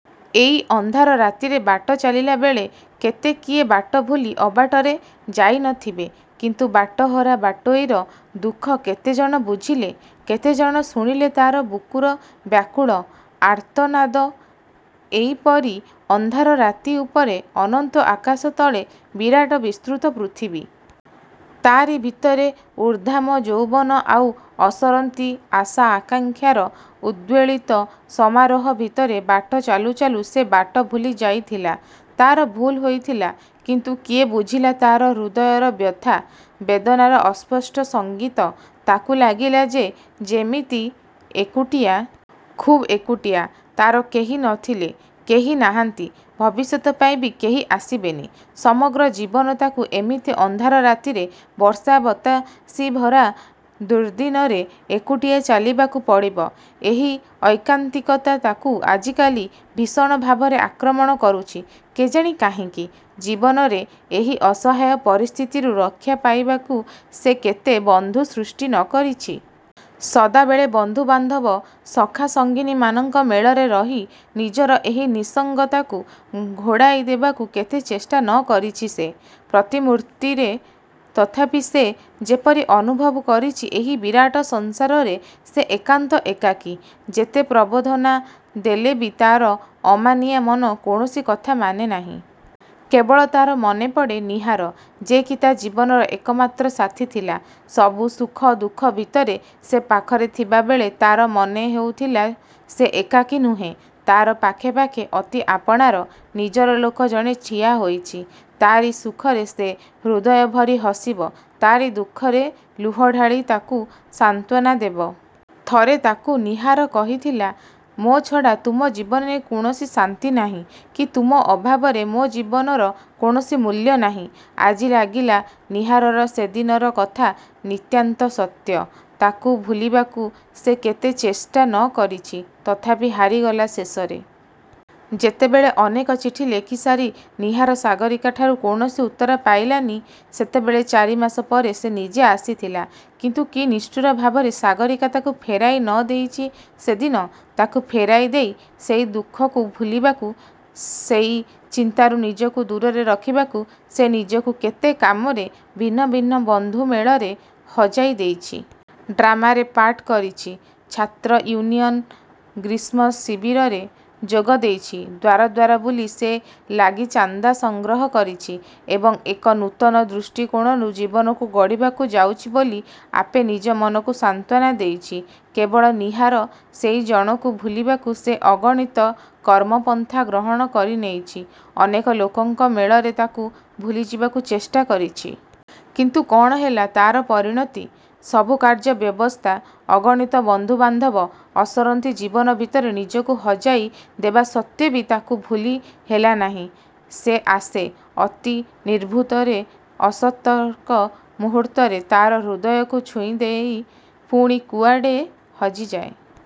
ଏଇ ଅନ୍ଧାର ରାତିରେ ବାଟ ଚାଲିଲା ବେଳେ କେତେ କିଏ ବାଟ ଭୁଲି ଅବାଟରେ ଯାଇନଥିବେ। କିନ୍ତୁ ବାଟହରା ବାଟୋଇର ଦୁଃଖ କେତେଜଣ ବୁଝିଲେ? କେତେଜଣ ଶୁଣିଲେ ତା'ର ବୁକୁର ବ୍ୟାକୁଳ। ଆର୍ତ୍ତନାଦ। ଏଇପରି ଅନ୍ଧାର ରାତି; ଉପରେ ଅନନ୍ତ ଆକାଶ ତଳେ ବିରାଟ ବିସ୍ତୃତ ପୃଥିବୀ। ତାରି ଭିତରେ ଉଦ୍ଦାମ ଯୌବନ ଆଉ ଅସରନ୍ତି ଆଶା ଆକାଂକ୍ଷାର ଉଦ୍ବେଳିତ ସମାରୋହ ଭିତରେ ବାଟ ଚାଲୁ ଚାଲୁ ସେ ବାଟ ଭୁଲି ଯାଇଥିଲା। ତା'ର ଭୁଲ୍ ହୋଇଥିଲା। କିନ୍ତୁ କିଏ ବୁଝିଲା ତା'ର ହୃଦୟର ବ୍ୟଥା-ବେଦନାର ଅସ୍ପଷ୍ଟ ସଙ୍ଗୀତ। ତାକୁ ଲାଗିଲା ସେ ଯେମିତି ଏକୁଟିଆ। ଖୁବ୍ ଏକୁଟିଆ। ତା'ର କେହି ନଥିଲେ-କେହି ନାହାନ୍ତି; ଭବିଷ୍ୟତ ପାଇଁ ବି କେହି ଆସିବେନି। ସମଗ୍ର ଜୀବନ ତାକୁ ଏମିତି ଅନ୍ଧାର ରାତିରେ, ବର୍ଷା-ବତାସିଭରା ଦୁର୍ଦ୍ଦିନରେ ଏକୁଟିଆ ଚାଲିବାକୁ ପଡ଼ିବ। ଏହି ଐକାନ୍ତିକତା ତାକୁ ଆଜିକାଲି ଭୀଷଣ ଭାବରେ ଆକ୍ରମଣ କରୁଛି; କେଜାଣି କାହିଁକି? ଜୀବନରେ ଏହି ଅସହାୟ-ପରିସ୍ଥିତିରୁ ରକ୍ଷା ପାଇବାକୁ ସେ କେତେ ବନ୍ଧୁ ସୃଷ୍ଟି ନ କରିଛି। ସଦାବେଳେ ବନ୍ଧୁବାନ୍ଧବ ସଖା ସଙ୍ଗିନୀମାନଙ୍କ ମେଳରେ ରହି ନିଜର ଏହି ନିଃସଙ୍ଗତାକୁ ଘୋଡ଼ାଇ ଦେବାକୁ କେତେ ଚେଷ୍ଟା ନ କରିଛି ସେ? ପ୍ରତି ମୁହୂର୍ତ୍ତରେ ତଥାପି ସେ ଯେପରି ଅନୁଭବ କରିଛି ଏହି ବିରାଟ ସଂସାରରେ ସେ ଏକାନ୍ତ ଏକାକୀ। ଯେତେ ପ୍ରବୋଧନା ଦେଲେ ବି ତା'ର ଅମାନିଆଁ ମନ କୌଣସି କଥା ମାନି ନାହିଁ। କେବଳ ତା'ର ମନେପଡ଼େ ନୀହାର। ଯେ କି ତା' ଜୀବନର ଏକମାତ୍ର ସାଥୀ ଥିଲା। ସବୁ ସୁଖ ଦୁଃଖ ଭିତରେ ସେ ପାଖରେ ଥିଲାବେଳେ ତା'ର ମନେ ହେଉଥିଲା ସେ ଏକାକୀ ନୁହେଁ; ତା'ର ପାଖେପାଖେ ଅତି ଆପଣାର, ନିଜର ଲୋକ ଜଣେ ଠିଆହୋଇଛି। ତାରି ସୁଖରେ ସେ ହୃଦୟଭରି ହସିବ; ତାରି ଦୁଃଖରେ ଲୁହ ଢାଳି ତାକୁ ସାନ୍ତ୍ୱନା ଦେବ। ଥରେ ତାକୁ ନୀହାର କହିଥିଲା-''ମୋ ଛଡ଼ା ତୁମ ଜୀବନରେ କୌଣସି ଶାନ୍ତି ନାହିଁ-କି ତୁମ ଅଭାବରେ ମୋ ଜୀବନର କୌଣସି ମୂଲ୍ୟ ନାହିଁ। '' ଆଜି ଲାଗିଲା ନୀହାରର ସେଦିନର କଥା ନିତାନ୍ତ ସତ। ତାକୁ ଭୁଲିବାକୁ ସେ କେତେ ଚେଷ୍ଟା ନ କରିଛି। ତଥାପି ହାରିଗଲା ଶେଷରେ। ଯେତେବେଳେ ଅନେକ ଚିଠି ଲେଖିସାରି ନୀହାର ସାଗରୀକାଠାରୁ କୌଣସି ଉତ୍ତର ପାଇଲାନି; ସେତେବଳେ ଚାରି ମାସ ପରେ ସେ ନିଜେ ଆସିଥିଲା। କିନ୍ତୁ କି ନିଷ୍ଠୁର ଭାବରେ ସାଗରୀକା ତାକୁ ଫେରାଇ ନ ଦେଇଛି ସେଦିନ। ତାକୁ ଫେରାଇ ଦେଇ, ସେଇ ଦୁଃଖକୁ ଭୁଲିବାକୁ-ସେଇ ଚିନ୍ତାରୁ ନିଜକୁ ଦୂରରେ ରଖିବାକୁ ସେ ନିଜକୁ କେତେ କାମରେ, ଭିନ୍ନ ଭିନ୍ନ ବନ୍ଧୁ ମେଳରେ ହଜାଇ ଦେଇଛି। ଡ୍ରାମାରେ ପାର୍ଟ କରିଛି; ଛାତ୍ର-ୟୁନିଅନ୍ର ଗ୍ରୀଷ୍ମ-ଶିବିରରେ ଯୋଗ ଦେଇଛି-ଦ୍ୱାର ଦ୍ୱାର ବୁଲି ସେ ଲାଗି ଚାନ୍ଦା ସଂଗ୍ରହ କରିଛି; ଏବଂ ଏକ ନୂତନ ଦୃଷ୍ଟିକୋଣରୁ ଜୀବନକୁ ଗଢ଼ିବାକୁ ଯାଉଛି ବୋଲି ଆପେ ନିଜ ମନକୁ ସାନ୍ତ୍ୱନା ଦେଇଛି। କେବଳ ନୀହାର-ସେଇ ଜଣକୁ ଭୁଲିବାକୁ ସେ ଅଗଣିତ କର୍ମପନ୍ଥା ଗ୍ରହଣ କରିନେଇଛି-ଅନେକ ଲୋକଙ୍କ ମେଳରେ ତାକୁ ଭୁଲିଯିବାକୁ ଚେଷ୍ଟା କରିଛି। କିନ୍ତୁ କ'ଣ ହେଲା ତା'ର ପରିଣତି? ସବୁ କାର୍ଯ୍ୟ ବ୍ୟସ୍ତତା, ଅଗଣିତ ବନ୍ଧୁବାନ୍ଧବ, ଅସରନ୍ତି ଜୀବନ ଭିତରେ ନିଜକୁ ହଜାଇ ଦେବା ସତ୍ତ୍ୱେ ବି ତାକୁ ଭୁଲି ହେଲାନାହିଁ। ସେ ଆସେ। ଅତି ନିଭୃତରେ, ଅସତର୍କ ମୁହୂର୍ତ୍ତରେ ତା'ର ହୃଦୟକୁ ଛୁଇଁଦେଇ ପୁଣି କୁଆଡ଼େ ହଜିଯାଏ।